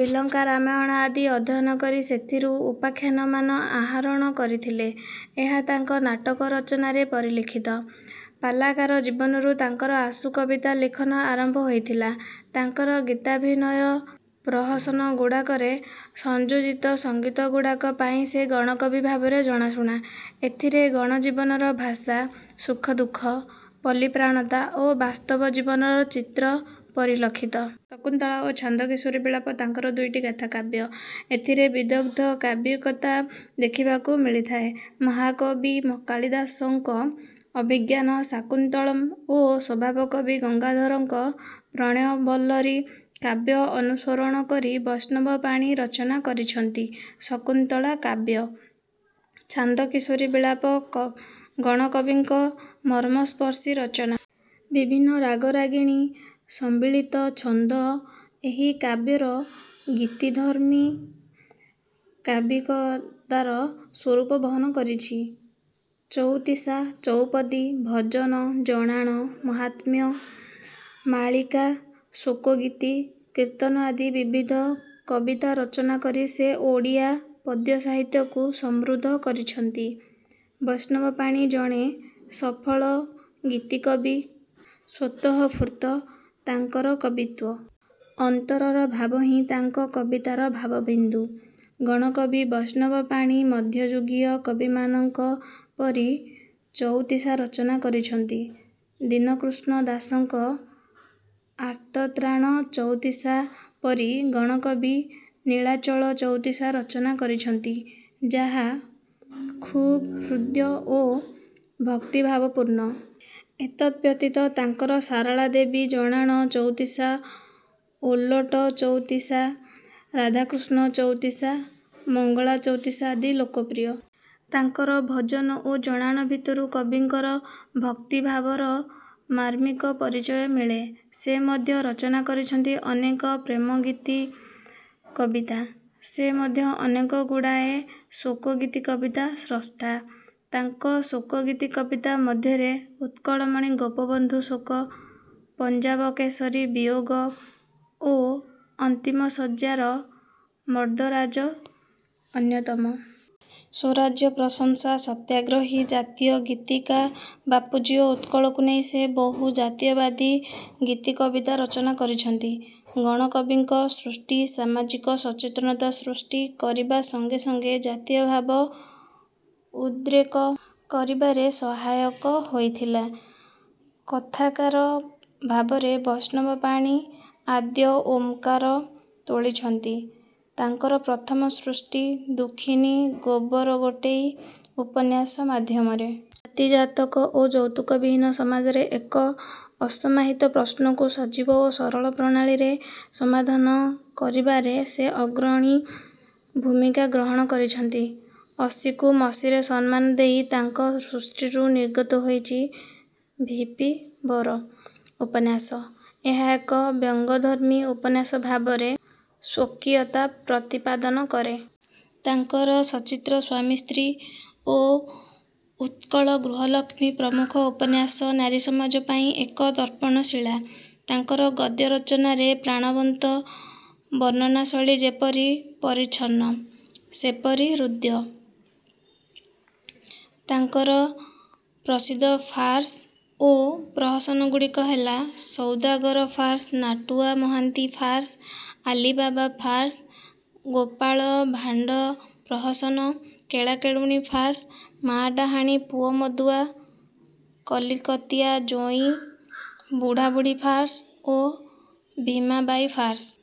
ବିଲଙ୍କା ରାମାୟଣ ଆଦି ଅଧ୍ୟୟନ କରି ସେଥିରୁ ଉପାଖ୍ୟାନମାନ ଆହରଣ କରିଥିଲେ। ଏହା ତାଙ୍କ ନାଟକ ରଚନାରେ ପରିଲକ୍ଷିତ। ପାଲାକାର ଜୀବନରୁ ତାଙ୍କର ଆଶୁ କବିତା ଲିଖନ ଆରମ୍ଭ ହୋଇଥିଲା। ତାଙ୍କର ଗୀତାଭିନୟ ପ୍ରହସନଗୁଡ଼ାକରେ ସଂଯୋଜିତ ସଙ୍ଗୀତଗୁଡ଼ିକ ପାଇଁ ସେ ଗଣକବି ଭାବରେ ଜଣାଶୁଣା। ଏଥିରେ ଗଣଜୀବନର ଭାଷା, ସୁଖଦୁଃଖ, ପଲ୍ଲୀପ୍ରାଣତା ଓ ବାସ୍ତବ ଜୀବନର ଚିତ୍ର ପରିଲକ୍ଷିତ। ଶକୁନ୍ତଳା ଓ ଛାନ୍ଦ କିଶୋରୀ ବିଳାପ ତାଙ୍କର ଦୁଇଟି ଗାଥାକାବ୍ୟ। ଏଥିରେ ବିଦଗ୍ଧ କାବ୍ୟିକତା ଦେଖିବାକୁ ମିଳିଥାଏ। ମହାକବି କାଳିଦାସଙ୍କ ଅଭିଜ୍ଞାନ ଶାକୁନ୍ତଳମ୍ ଓ ସ୍ୱଭାବକବି ଗଙ୍ଗାଧରଙ୍କ ପ୍ରଣୟ ବଲ୍ଲରୀ କାବ୍ୟ ଅନୁସରଣ କରି ବୈଷ୍ଣବ ପାଣି ରଚନା କରିଛନ୍ତି ଶକୁନ୍ତଳା କାବ୍ୟ। ଛାନ୍ଦ କିଶୋରୀ ବିଳାପ ଗଣକବିଙ୍କ ମର୍ମସ୍ପର୍ଶୀ ରଚନା। ବିଭିନ୍ନ ରାଗରାଗିଣୀ ସମ୍ବଳିତ ଛନ୍ଦ ଏହି କାବ୍ୟର ଗୀତିଧର୍ମୀ କାବ୍ୟିକତାର ସ୍ୱରୂପ ବହନ କରିଛି। ଚଉତିଶା, ଚଉପଦୀ, ଭଜନ, ଜଣାଣ, ମାହାତ୍ମ୍ୟ, ମାଳିକା, ଶୋକଗୀତି, କୀର୍ତ୍ତନ ଆଦି ବିବିଧ କବିତା ରଚନା କରି ସେ ଓଡ଼ିଆ ପଦ୍ୟ ସାହିତ୍ୟକୁ ସମୃଦ୍ଧ କରିଛନ୍ତି। ବୈଷ୍ଣବ ପାଣି ଜଣେ ସଫଳ ଗୀତିକବି, ସ୍ୱତଃସ୍ଫୂର୍ତ୍ତ ତାଙ୍କର କବିତ୍ୱ। ଅନ୍ତରର ଭାବ ହିଁ ତାଙ୍କ କବିତାର ଭାବବିନ୍ଦୁ। ଗଣକବି ବୈଷ୍ଣବ ପାଣି ମଧ୍ୟଯୁଗୀୟ କବିମାନଙ୍କ ପରି ଚଉତିଶା ରଚନା କରିଛନ୍ତି। ଦୀନକୃଷ୍ଣ ଦାସଙ୍କ 'ଆର୍ତ୍ତତ୍ରାଣ ଚଉତିଶା' ପରି ଗଣକବି 'ନୀଳାଚଳ ଚଉତିଶା' ରଚନା କରିଛନ୍ତି, ଯାହା ଖୁବ୍ ହୃଦ୍ୟ ଓ ଭକ୍ତିଭାବପୂର୍ଣ୍ଣ। ଏତଦ୍ ବ୍ୟତୀତ ତାଙ୍କର ସାରଳା ଦେବୀ ଜଣାଣ ଚଉତିଶା, ଓଲଟ ଚଉତିଶା, ରାଧାକୃଷ୍ଣ ଚଉତିଶା, ମଙ୍ଗଳା ଚଉତିଶା ଆଦି ଲୋକପ୍ରିୟ। ତାଙ୍କର ଭଜନ ଓ ଜଣାଣ ଭିତରୁ କବିଙ୍କର ଭକ୍ତିଭାବର ମାର୍ମିକ ପରିଚୟ ମିଳେ। ସେ ମଧ୍ୟ ରଚନା କରିଛନ୍ତି ଅନେକ ପ୍ରେମଗୀତି କବିତା। ସେ ମଧ୍ୟ ଅନେକ ଗୁଡ଼ିଏ ଶୋକଗୀତି କବିତାର ସ୍ରଷ୍ଟା। ତାଙ୍କ ଶୋକଗୀତି କବିତା ମଧ୍ୟରେ ଉତ୍କଳମଣି ଗୋପବନ୍ଧୁ ଶୋକ, ପଞ୍ଜାବ କେଶରୀ ବିୟୋଗ ଓ ଅନ୍ତିମ ଶଯ୍ୟାରେ ମର୍ଦ୍ଦରାଜ ଅନ୍ୟତମ। ସ୍ୱରାଜ୍ୟ ପ୍ରଶଂସା, ସତ୍ୟାଗ୍ରହୀ, ଜାତୀୟ ଗୀତିକା, ବାପୁଜୀ ଓ ଉତ୍କଳକୁ ନେଇ ସେ ବହୁ ଜାତୀୟବାଦୀ ଗୀତିକବିତା ରଚନା କରିଛନ୍ତି। ଗଣକବିଙ୍କ ସୃଷ୍ଟି ସାମାଜିକ ସଚେତନତା ସୃଷ୍ଟି କରିବା ସଙ୍ଗେ ସଙ୍ଗେ ଜାତୀୟଭାବ ଉଦ୍ରେକ କରିବାରେ ସହାୟକ ହୋଇଥିଲା। କଥାକାର ଭାବରେ ବୈଷ୍ଣବ ପାଣି ଆଦ୍ୟ ଓଁକାର ତୋଳିଛନ୍ତି ତାଙ୍କର ପ୍ରଥମ ସୃଷ୍ଟି ଦୁଃଖିନୀ ଗୋବର ଗୋଟେଇ ଉପନ୍ୟାସ ମାଧ୍ୟମରେ। ଜାତି, ଜାତକ ଓ ଯୌତୁକ ବିହୀନ ସମାଜର ଏକ ଅସମାହିତ ପ୍ରଶ୍ନକୁ ସଜୀବ ଓ ସରଳ ପ୍ରଣାଳୀରେ ସମାଧାନ କରିବାରେ ସେ ଅଗ୍ରଣୀ ଭୂମିକା ଗ୍ରହଣ କରିଛନ୍ତି। ଅସୀକୁ ମସୀର ସମ୍ମାନ ଦେଇ ତାଙ୍କ ସୃଷ୍ଟିରୁ ନିର୍ଗତ ହୋଇଛି ଭି. ପି. ବର ଉପନ୍ୟାସ। ଏହା ଏକ ବ୍ୟଙ୍ଗଧର୍ମୀ ଉପନ୍ୟାସ ଭାବରେ ସ୍ୱକୀୟତା ପ୍ରତିପାଦନ କରେ। ତାଙ୍କର ସଚିତ୍ର ସ୍ୱାମୀ ସ୍ତ୍ରୀ ଓ ଉତ୍କଳ ଗୃହଲକ୍ଷ୍ମୀ ପ୍ରମୁଖ ଉପନ୍ୟାସ ନାରୀସମାଜ ପାଇଁ ଏକ ଦର୍ପଣ ଶିଳା। ତାଙ୍କର ଗଦ୍ୟ ରଚନାରେ ପ୍ରାଣବନ୍ତ ବର୍ଣ୍ଣନାଶୈଳୀ ଯେପରି ପରିଚ୍ଛନ୍ନ, ସେପରି ହୃଦ୍ୟ। ତାଙ୍କର ପ୍ରସିଦ୍ଧ ଫାର୍ସ ଓ ପ୍ରହସନଗୁଡ଼ିକ ହେଲା Saudagar farce, Natua Mohanty farce, Ali Baba farce, Gopalbhanda ପ୍ରହସନ, କେଳାକେଳୁଣୀ ଫାର୍ସ, ମା' ଡାଆଣୀ ପୁଅ ମଦୁଆ, କଲିକତିଆ ଜୋଇଁ, ବୁଢ଼ାବୁଢ଼ୀ ଫାର୍ସ ଓ ଭୀମାବାଇ ଫାର୍ସ।